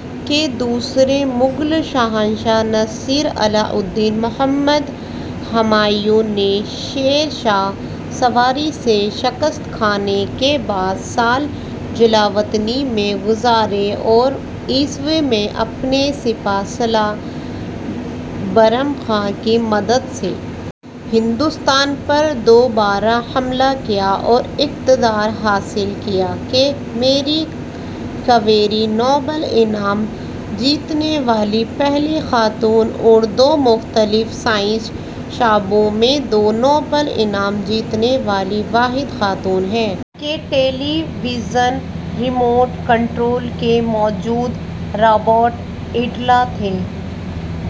… کہ دوسرے مغل شہنشاہ نصیر الدین محمد ہمایوں نے شیر شاہ سوری سے شکست کھانے کے بعد سال جلاوطنی میں گزارے اور ء میں اپنے سپہ سالار بیرم خان کی مدد سے ہندوستان پر دوبارہ حملہ کیا اور اقتدار حاصل کیا؟… کہ میری کیوری نوبل انعام جیتنے والی پہلی خاتون اور دو مختلف سائنسی شعبوں میں دو نوبل انعام جیتنے والی واحد خاتون ہیں؟… کہ ٹیلی ویژن ریموٹ کنٹرول کے موجد رابرٹ ایڈلر تھے؟…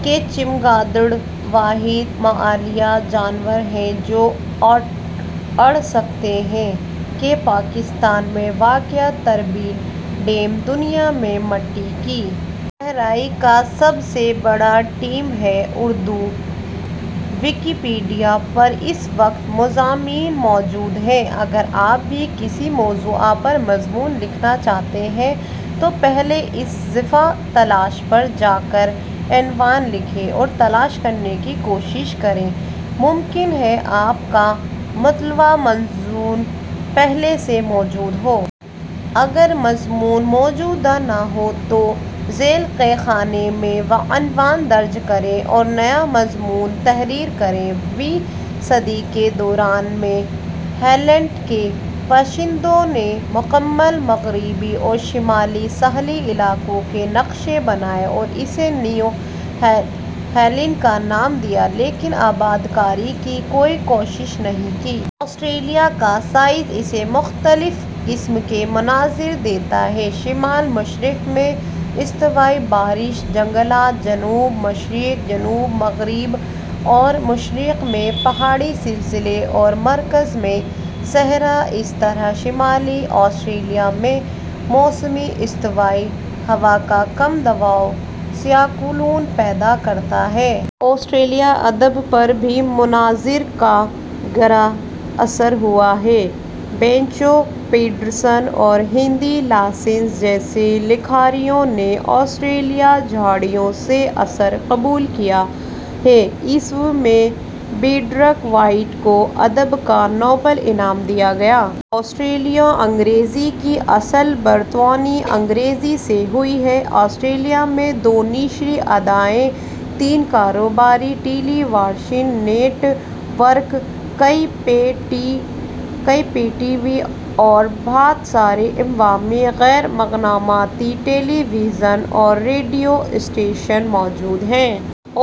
کہ چمگادڑ واحد ممالیہ جانور ہے جو اڑ سکتے ہیں؟… کہ پاکستان میں واقع تربیلا ڈیم دنیا میں مٹی کی بھرائی کا سب سے بڑا ڈیم ہے؟ اردو ویکیپیڈیا پر اس وقت مضامین موجود ہیں، اگر آپ بھی کسی موضوع پر مضمون لکھنا چاہتے ہیں تو پہلے اس صفحۂ تلاش پر جا کر عنوان لکھیے اور تلاش کرنے کی کوشش کریں، ممکن ہے آپ کا مطلوبہ مضمون پہلے سے موجود ہو۔ اگر مضمون موجود نہ ہو تو ذیل کے خانہ میں وہ عنوان درج کریں اور نیا مضمون تحریر کریں۔ ویں صدی کے دوران میں ہالینڈ کے باشندوں نے مکمل مغربی اورشمالی ساحلی علاقوں کے نقشے بنائے اور اسے نیو ہالینڈ کا نام دیا لیکن آبادکاری کی کوئی کوشش نہیں کی۔ آسٹریلیا کا سائز اسے مختلف قسم کے مناظر دیتا ہے، شمال مشرق میں استوائی بارشی جنگلات، جنوب مشرق، جنوب مغرب اور مشرق میں پہاڑی سلسلے اور مرکز میں صحرا۔ اسی طرح شمالی آسٹریلیا میں موسمی استوائی ہوا کا کم دباؤ سائیکلون پیدا کرتا ہے۔ آسٹریلوی ادب پر بھی مناظر کا گہرا اثر ہوا ہے۔ بینجو پیٹرسن اور ہنری لاسن جیسے لکھاریوں نے آسٹریلوی جھاڑیوں سے اثر قبول کیا ہے۔ ء میں پیٹرک وائٹ کو ادب کا نوبل انعام دیا گیا۔ آسٹریلوی انگریزی کی اصل برطانوی انگریزی سے ہوئی ہے۔ آسٹریلیا میں دو نشری ادارے، تین کاروباری ٹیلی ویژن نیٹ ورک، کئی پے ٹی وی اور بہت سارے عوامی، غیر منافعتی ٹیلی ویژن اور ریڈیو اسٹیشن موجود ہیں۔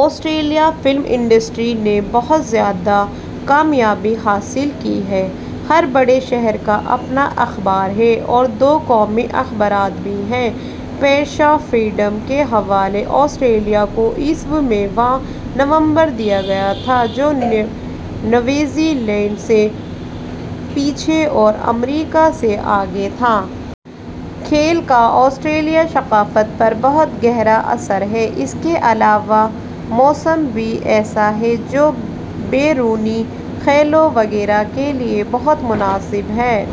آسٹریلوی فلم انڈسٹری نے بہت زیادہ کامیابی حاصل کی ہے۔ ہر بڑے شہر کا اپنا اخبار ہے اور دو قومی اخبارات بھی ہیں۔ پریس فریڈم کے حوالے سے آسٹریلیا کو ء میں واں نمبر دیا گیا تھا جو نیوزی لینڈ سے پیچھے اور امریکا سے آگے تھا۔ کھیل کا آسٹریلوی ثقافت پر بہت گہرا اثر ہے۔ اس کے علاوہ موسم بھی ایسا ہے جو بیرونی کھیلوں وغیرہ کے لیے بہت مناسب ہے۔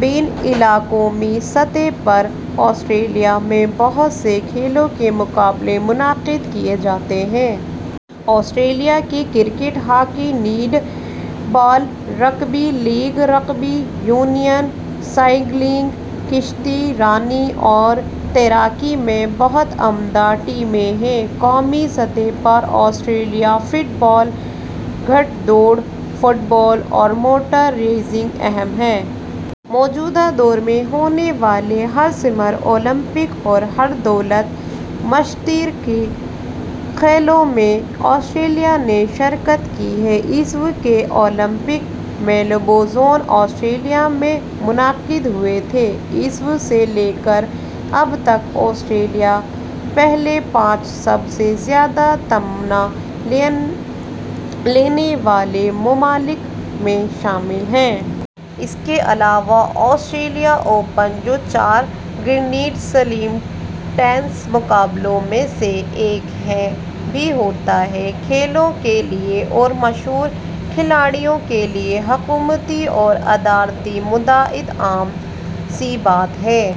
بین الاقوامی سطح پر آسٹریلیا میں بہت سے کھیلوں کے مقابلے منعقد کیے جاتے ہیں۔ آسٹریلیا کی cricket, hockey, netball, rugby league, rugby union, cycling, کشتی رانی اور تیراکی میں بہت عمدہ ٹیمیں ہیں۔ قومی سطح پر آسٹریلوی فٹ بال، گھڑ دوڑ، فٹ بال اور موٹر ریسنگ اہم ہیں۔ موجودہ دور میں ہونے والے ہر سمر اولمپک اور ہر دولت مشترکہ کی کھیلوں میں آسٹریلیا نے شرکت کی ہے۔ ء کے اولمپک میلبورن، آسٹریلیا میں منعقد ہوئے تھے۔ ء سے لے کر اب تک آسٹریلیا پہلے پانچ سب سے زیادہ تمغا لینے والے ممالک میں شامل ہے۔ اس کے علاوہ آسٹریلین اوپن جو چار گرینڈ سلیم ٹینس مقابلوں میں سے ایک ہے، بھی ہوتا ہے۔ کھیلوں کے لیے اور مشہور کھلاڑیوں کے لیے حکومتی اور اداراتی مدد عام سی بات ہے۔